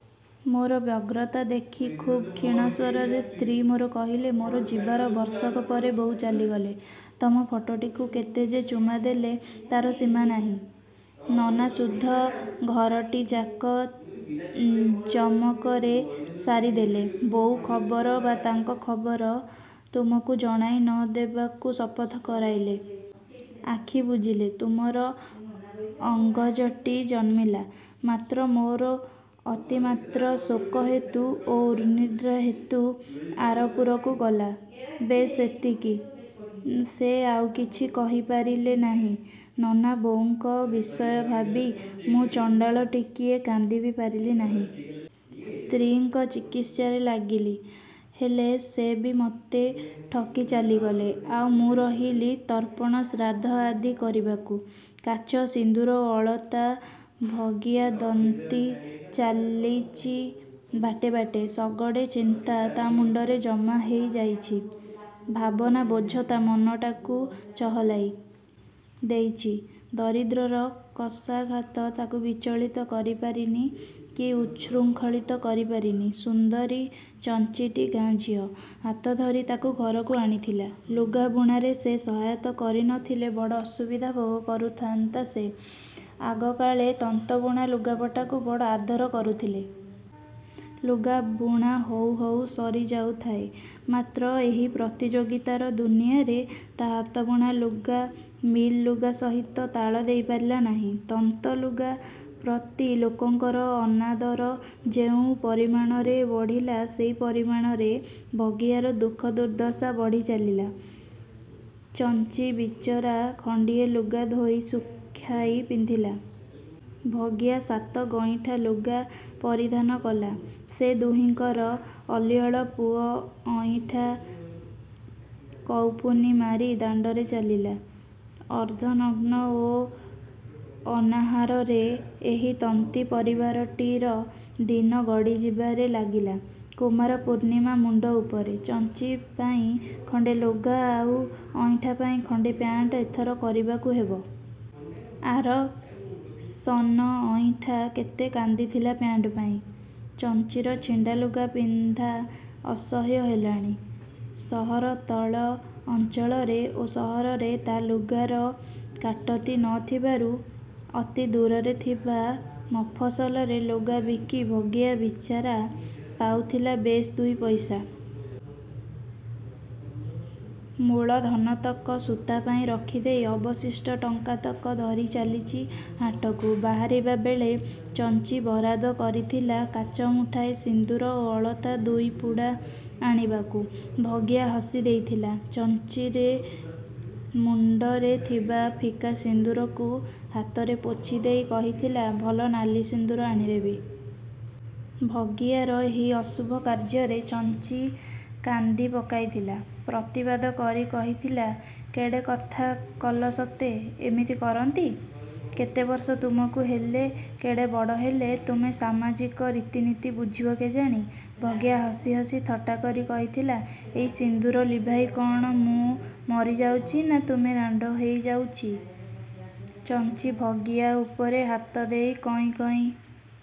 ମୋର ବ୍ୟଗ୍ରତା ଦେଖି୍ ଖୁବ୍ କ୍ଷୀଣ ସ୍ୱରରେ ସ୍ତ୍ରୀ ମୋର କହିଲେ—ମୋର ଯିବାର ବର୍ଷକ ପରେ ବୋଉ ଚାଲିଗଲେ। ତମ ଫଟୋଟିକୁ କେତେ ଯେ ଚୁମା ଦେଲେ, ତାର ସୀମା ନାହିଁ। ନନା ଶୁଦ୍ଧ ଘରଟି ଜାକ ଉଁ ଜମକରେ ସାରିଦେଲେ। ବୋଉ ଖବର ବା ତାଙ୍କ ଖବର ତୁମକୁ ଜଣାଇ ନ ଦେବାକୁ ଶପଥ କରାଇଲେ। ଆଖି ବୁଜିଲେ। ତୁମର ଅଙ୍ଗଜଟି ଜନ୍ମିଲା। ମାତ୍ର ମୋର ଅତି ମାତ୍ର ଶୋକ ହେତୁ ଓ ଉନ୍ନିଦ୍ରା ହେତୁ ଆରପୁରକୁ ଗଲା। ବେଶ ଏତିକି। ଉଁ ସେ ଆଉ କିଛି କହି ପାରିଲେ ନାହିଁ। ନନା ବୋଉଙ୍କ ବିଷୟ ଭାବି ମୁଁ ଚଣ୍ଡାଳ ଟିକିଏ କାନ୍ଦି ବି ପାରିଲି ନାହିଁ। ସ୍ତ୍ରୀଙ୍କ ଚିକିତ୍ସାରେ ଲାଗିଲି। ହେଲେ ସେ ବି ମତେ ଠକି ଚାଲିଗଲେ। ଆଉ ମୁଁ ରହିଲି ତର୍ପଣ-ଶ୍ରାଦ୍ଧ ଆଦି କରିବାକୁ। କାଚ, ସିନ୍ଦୁର ଓ ଅଳତା ଭଗିଆ ଦନ୍ତୀ ଚାଲିଚି ବାଟେ ବାଟେ। ଶଗଡ଼େ ଚିନ୍ତା ତା ମୁଣ୍ଡରେ ଜମା ହେଇ ଯାଇଚି-। ଭାବନା ବୋଝ ତା ମନଟାକୁ ଚହଲାଇ। ଦେଇଚି। ଦରିଦ୍ରର କଷାଘାତ ତାକୁ ବିଚଳିତ କରି ପାରିନି କି ଉଚ୍ଛୃଙ୍ଖଳିତ କରି ପାରିନି। ସୁନ୍ଦରୀ ଚଞ୍ଚିଟି ଗାଁ ଝିଅ। ହାତଧରି ତାକୁ ଘରକୁ ଆଣିଥିଲା-। ଲୁଗା ବୁଣାରେ ସେ ସହାୟତା କରି ନ ଥିଲେ ବଡ଼ ଅସୁବିଧା ଭୋଗ କରୁଥାନ୍ତା ସେ-। ଆଗକାଳେ ତନ୍ତବୁଣା ଲୁଗାପଟାକୁ ବଡ଼ ଆଦର କରୁଥିଲେ। ଲୁଗାବୁଣା ହଉ ହଉ ସରିଯାଉଥାଏ-। ମାତ୍ର ଏହି ପ୍ରତିଯୋଗିତାର ଦୁନିଆଁରେ ତା ହାତବୁଣା ଲୁଗା ମିଲ୍ ଲୁଗା ସହିତ ତାଳ ଦେଇ ପାରିଲା ନାହିଁ। ତନ୍ତଲୁଗା ପ୍ରତି ଲୋକଙ୍କର ଅନାଦର ଯେଉଁ ପରିମାଣରେ ବଢ଼ିଲା, ସେହି ପରିମାଣରେ ଭଗିଆର ଦୁଃଖ ଦୁର୍ଦ୍ଦଶା ବଢ଼ି ଚାଲିଲା। ଚଞ୍ଚି ବିଚରା ଖଣ୍ଡିଏ ଲୁଗା ଧୋଇ ଶୁଖାଇ ପିନ୍ଧିଲା। ଭାଗିଆ ସାତ ଗଇଁଠା ଲୁଗା ପରିଧାନ କଲା। ସେ ଦୁହିଁଙ୍କର ଅଲିଅଳ ପୁଅ ଅଇଁଠା କଉପୁନି ମାରି ଦାଣ୍ଡରେ ଚାଲିଲା। ଅର୍ଦ୍ଧନଗ୍ନ ଓ ଅନାହାରରେ ଏହି ତନ୍ତୀ ପରିବାରଟିର ଦିନ ଗଡ଼ିଯିବାରେ ଲାଗିଲା। କୁମାର ପୂର୍ଣ୍ଣିମା ମୁଣ୍ଡ ଉପରେ। ଚଞ୍ଚି ପାଇଁ ଖଣ୍ତେ ଲୁଗା ଆଉ ଅଇଁଠା ପାଇଁ ଖଣ୍ଡେ ପ୍ୟାଣ୍ଟ ଏଥର କରିବାକୁ ହେବ। ଆର ସନ ଅଇଁଠା କେତେ କାନ୍ଦିଥିଲା ପ୍ୟାଣ୍ଟ ପାଇଁ-। ଚଞ୍ଚିର ଛିଣ୍ଡା ଲୁଗା ପିନ୍ଧା ଅସହ୍ୟ ହେଲାଣି। ସହର ତଳ ଅଞ୍ଚଳରେ ଓ ସହରରେ ତା ଲୁଗାର କାଟତି ନ ଥିବାରୁ ଅତି ଦୂରରେ ଥିବା ମଫସଲରେ ଲୁଗା ବିକି ଭଗିଆ ବିଚାରା ପାଉଥିଲା ବେଶ୍ ଦୁଇ ପଇସା। ମୂଳଧନତକ ସୂତା ପାଇଁ ରଖିଦେଇ ଅବଶିଷ୍ଟ ଟଙ୍କାତକ ଧରି ଚାଲିଚି ହାଟକୁ। ବାହାରିବା ବେଳେ ଚଞ୍ଚି ବରାଦ କରିଥିଲା କାଚ ମୁଠାଏ, ସିନ୍ଦୂର ଓ ଅଳତା ଦୁଇ ପୁଡ଼ା ଆଣିବାକୁ। ଭଗିଆ ହସି ଦେଇଥିଲା। ଚଞ୍ଚିରେ ମୁଣ୍ଡରେ ଥିବା ଫିକା ସିନ୍ଦୂରକୁ ହାତରେ ପୋଛି ଦେଇ କହିଥିଲା–ଭଲ ନାଲି ସିନ୍ଦୂର ଆଣିଦେବି। ଭଗିଆର ଏହି ଅଶୁଭ କାର୍ଯ୍ୟରେ ଚଞ୍ଚି କାନ୍ଦି ପକାଇଥିଲା। ପ୍ରତିବାଦ କରି କହିଥିଲା–କେଡ଼େ କଥା କଲ ସତେ! ଏମିତି କରନ୍ତି? କେତେ ବର୍ଷ ତୁମକୁ ହେଲେ, କେଡ଼େ ବଡ଼ ହେଲେ ତୁମେ ସାମାଜିକ ରୀତିନୀତି ବୁଝିବ କେଜାଣି? ଭଗିଆ ହସି ହସି ଥଟ୍ଟା କରି କହିଥିଲା–ଏଇ ସିନ୍ଦୂର ଲିଭାଇ କ'ଣ ମୁଁ ମରି ଯାଉଚି ନା ତୁମେ ରାଣ୍ଡ ହେଇ ଯାଉଚି? ଚଞ୍ଚି ଭଗିଆ ଉପରେ ହାତ ଦେଇ କଇଁ କଇଁ